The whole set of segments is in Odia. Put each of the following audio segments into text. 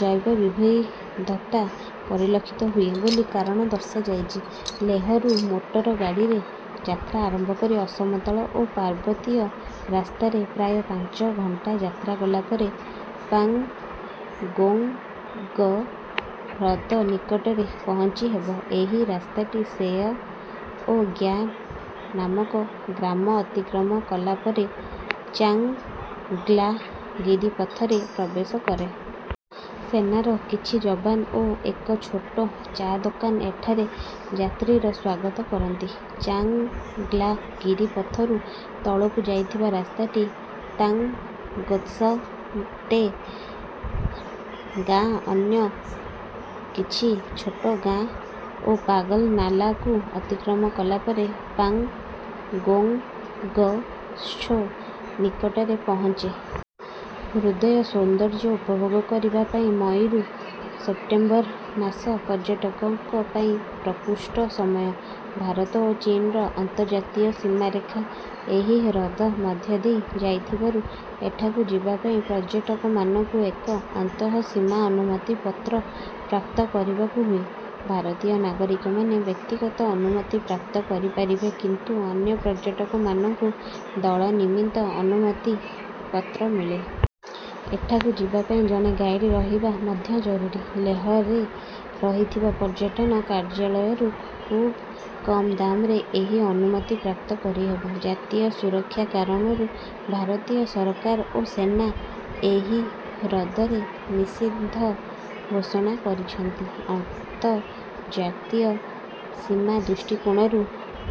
ଜୈବ ବିବିଧତା ପରିଲକ୍ଷିତ ହୁଏ ବୋଲି କାରଣ ଦର୍ଶାଯାଇଛି। ଲେହରୁ ମୋଟର ଗାଡିରେ ଯାତ୍ରା ଆରମ୍ଭ କରି ଅସମତଳ ଓ ପାର୍ବତୀୟ ରାସ୍ତାରେ ପ୍ରାୟ ପାଞ୍ଚ ଘଣ୍ଟା ଯାତ୍ରା କଲାପରେ ପାଂଗୋଂଗ୍ ହ୍ରଦ ନିକଟରେ ପହଞ୍ଚି ହେବ। ଏହି ରାସ୍ତାଟି ଶେୟ୍ ଓ ଗ୍ୟା ନାମକ ଗ୍ରାମ ଅତିକ୍ରମ କଲାପରେ ଚାଂଗ୍ଲା ଗିରିପଥ ରେ ପ୍ରବେଶ କରେ। ସେନାର କିଛି ଜବାନ ଓ ଏକ ଛୋଟ ଚା ଦୋକାନ ଏଠାରେ ଯାତ୍ରୀର ସ୍ୱାଗତ କରନ୍ତି। ଚାଂଗ୍ଲା ଗିରିପଥରୁ ତଳକୁ ଯାଇଥିବା ରାସ୍ତାଟି ତାଂଗ୍ସତେ ଗାଁ ଅନ୍ୟ କିଛି ଛୋଟ ଗାଁ ଓ ପାଗଲ୍ ନାଲା କୁ ଅତିକ୍ରମ କଲାପରେ ପାଂଗୋଂଗ୍ ତ୍ସୋ ନିକଟରେ ପହଞ୍ଚେ। ହ୍ରଦର ସୌନ୍ଦର୍ଯ୍ୟ ଉପଭୋଗ କରିବା ପାଇଁ ମଇରୁ ସେପ୍ଟେମ୍ବର୍ ମାସ ପର୍ଯ୍ୟଟକଙ୍କ ପାଇଁ ପ୍ରକୃଷ୍ଟ ସମୟ। ଭାରତ ଓ ଚୀନର ଅନ୍ତର୍ଯାତୀୟ ସୀମାରେଖା ଏହି ହ୍ରଦ ମଧ୍ୟଦେଇ ଯାଇଥିବାରୁ ଏଠାକୁ ଯିବାପାଇଁ ପର୍ଯ୍ୟଟକମାନଙ୍କୁ ଏକ ଅନ୍ତଃସୀମା ଅନୁମତି ପତ୍ର ପ୍ରାପ୍ତ କରିବାକୁ ହୁଏ। ଭାରତୀୟ ନାଗରିକମାନେ ବ୍ୟକ୍ତିଗତ ଅନୁମତି ପ୍ରାପ୍ତ କରିପାରିବେ କିନ୍ତୁ ଅନ୍ୟ ପର୍ଯ୍ୟଟକମାନଙ୍କୁ ଦଳ ନିମିତ୍ତ ଅନୁମତି ପତ୍ର ମିଳେ। ଏଠାକୁ ଯିବାପାଇଁ ଜଣେ ଗାଇଡ୍ ରହିବା ମଧ୍ୟ ଜରୁରୀ। ଲେହରେ ରହିଥିବା ପର୍ଯ୍ୟଟନ କାର୍ଯ୍ୟାଳୟରୁ ଖୁବ୍ କମ୍ ଦାମରେ ଏହି ଅନୁମତି ପ୍ରାପ୍ତ କରିହେବ। ଜାତୀୟ ସୁରକ୍ଷା କାରଣରୁ ଭାରତୀୟ ସରକାର ଓ ସେନା ଏହି ହ୍ରଦରେ ନିଷିଦ୍ଧ ଘୋଷଣା କରିଛନ୍ତି। ଅନ୍ତର୍ଯାତୀୟ ସୀମା ଦୃଷ୍ଟିକୋଣରୁ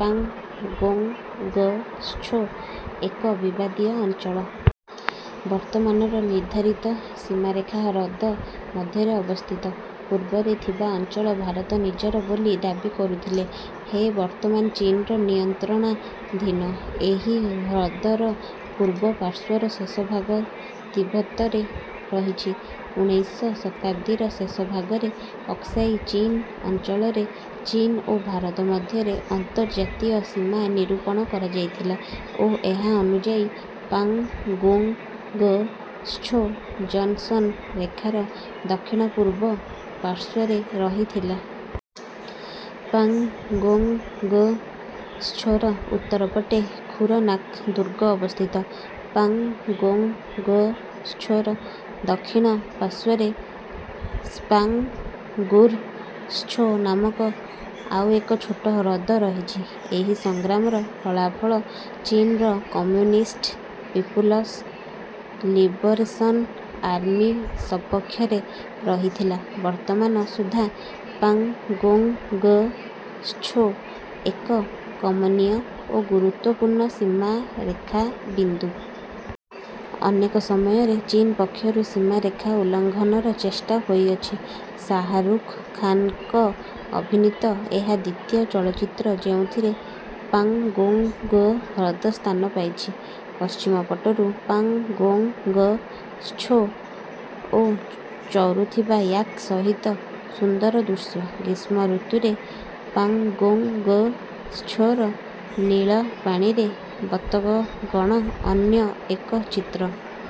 ପାଂଗୋଂଗ୍ ତ୍ସୋ ଏକ ବିବାଦୀୟ ଅଞ୍ଚଳ। ବର୍ତ୍ତମାନର ନିର୍ଦ୍ଧାରିତ ସୀମାରେଖା ହ୍ରଦ ମଧ୍ୟରେ ଅବସ୍ଥିତ। ପୂର୍ବରେ ଥିବା ଅଞ୍ଚଳ ଭାରତ ନିଜର ବୋଲି ଦାବୀ କରୁଥିଲେ ହେଁ ବର୍ତ୍ତମାନ ଚୀନର ନିୟନ୍ତ୍ରଣାଧୀନ। ଏହି ହ୍ରଦର ପୂର୍ବପାର୍ଶ୍ୱର ଶେଷଭାଗ ତିବ୍ୱତରେ ରହିଛି। ଉଣେଇଶ ଶତାବ୍ଦୀର ଶେଷଭାଗରେ ଅକ୍ସାଇ ଚୀନ ଅଞ୍ଚଳରେ ଚୀନ ଓ ଭାରତ ମଧ୍ୟରେ ଅନ୍ତର୍ଜାତୀୟ ସୀମା ନିରୂପଣ କରାଯାଇଥିଲା ଓ ଏହା ଅନୁଯାୟୀ ପାଂଗୋଂଗ୍ ତ୍ସୋ ଜନସନ୍ ରେଖାର ଦକ୍ଷିଣପୂର୍ବ ପାର୍ଶ୍ୱରେ ରହିଥିଲା। ପାଂଗୋଂଗ୍ ତ୍ସୋର ଉତ୍ତର ପଟେ ଖୁରନାକ୍ ଦୁର୍ଗ ଅବସ୍ଥିତ। ପାଂଗୋଂଗ୍ ତ୍ସୋର ଦକ୍ଷିଣ ପାର୍ଶ୍ୱରେ ସ୍ପାଂଗୁର୍ ତ୍ସୋ ନାମକ ଆଉ ଏକ ଛୋଟ ହ୍ରଦ ରହିଛି। ଏହି ସଂଗ୍ରାମର ଫଳାଫଳ ଚୀନର କମ୍ୟୁନିଷ୍ଟ୍ ପିପୁଲସ୍ ଲିବରେସନ୍ ଆର୍ମି ସପକ୍ଷରେ ରହିଥିଲା। ବର୍ତ୍ତମାନ ସୁଦ୍ଧା ପାଂଗୋଂଗ୍ ତ୍ସୋ ଏକ କମନୀୟ ଓ ଗୁରୁତ୍ତ୍ୱପୂର୍ଣ୍ଣ ସୀମାରେଖା ବିନ୍ଦୁ। ଅନେକ ସମୟରେ ଚୀନ ପକ୍ଷରୁ ସୀମାରେଖା ଉଲ୍ଲଂଘନର ଚେଷ୍ଟା ହୋଇଅଛି। ଶାହାରୁଖ ଖାନଙ୍କ ଅଭିନୀତ ଏହା ଦ୍ୱିତୀୟ ଚଳଚ୍ଚିତ୍ର ଯେଉଁଥିରେ ପାଂଗୋଂଗ୍ ହ୍ରଦ ସ୍ଥାନ ପାଇଛି। ପଶ୍ଚିମ ପଟରୁ ପାଂଗୋଂଗ୍ ତ୍ସୋ ଓ ଚରୁଥିବା ୟାକ୍ ସହିତ ସୁନ୍ଦର ଦୃଶ୍ୟ । ଗ୍ରୀଷ୍ମଋତୁରେ ପାଂଗୋଂଗ୍ ତ୍ସୋର ନୀଳ ପାଣିରେ ବତକଗଣ ଅନ୍ୟ ଏକ ଚିତ୍ର ।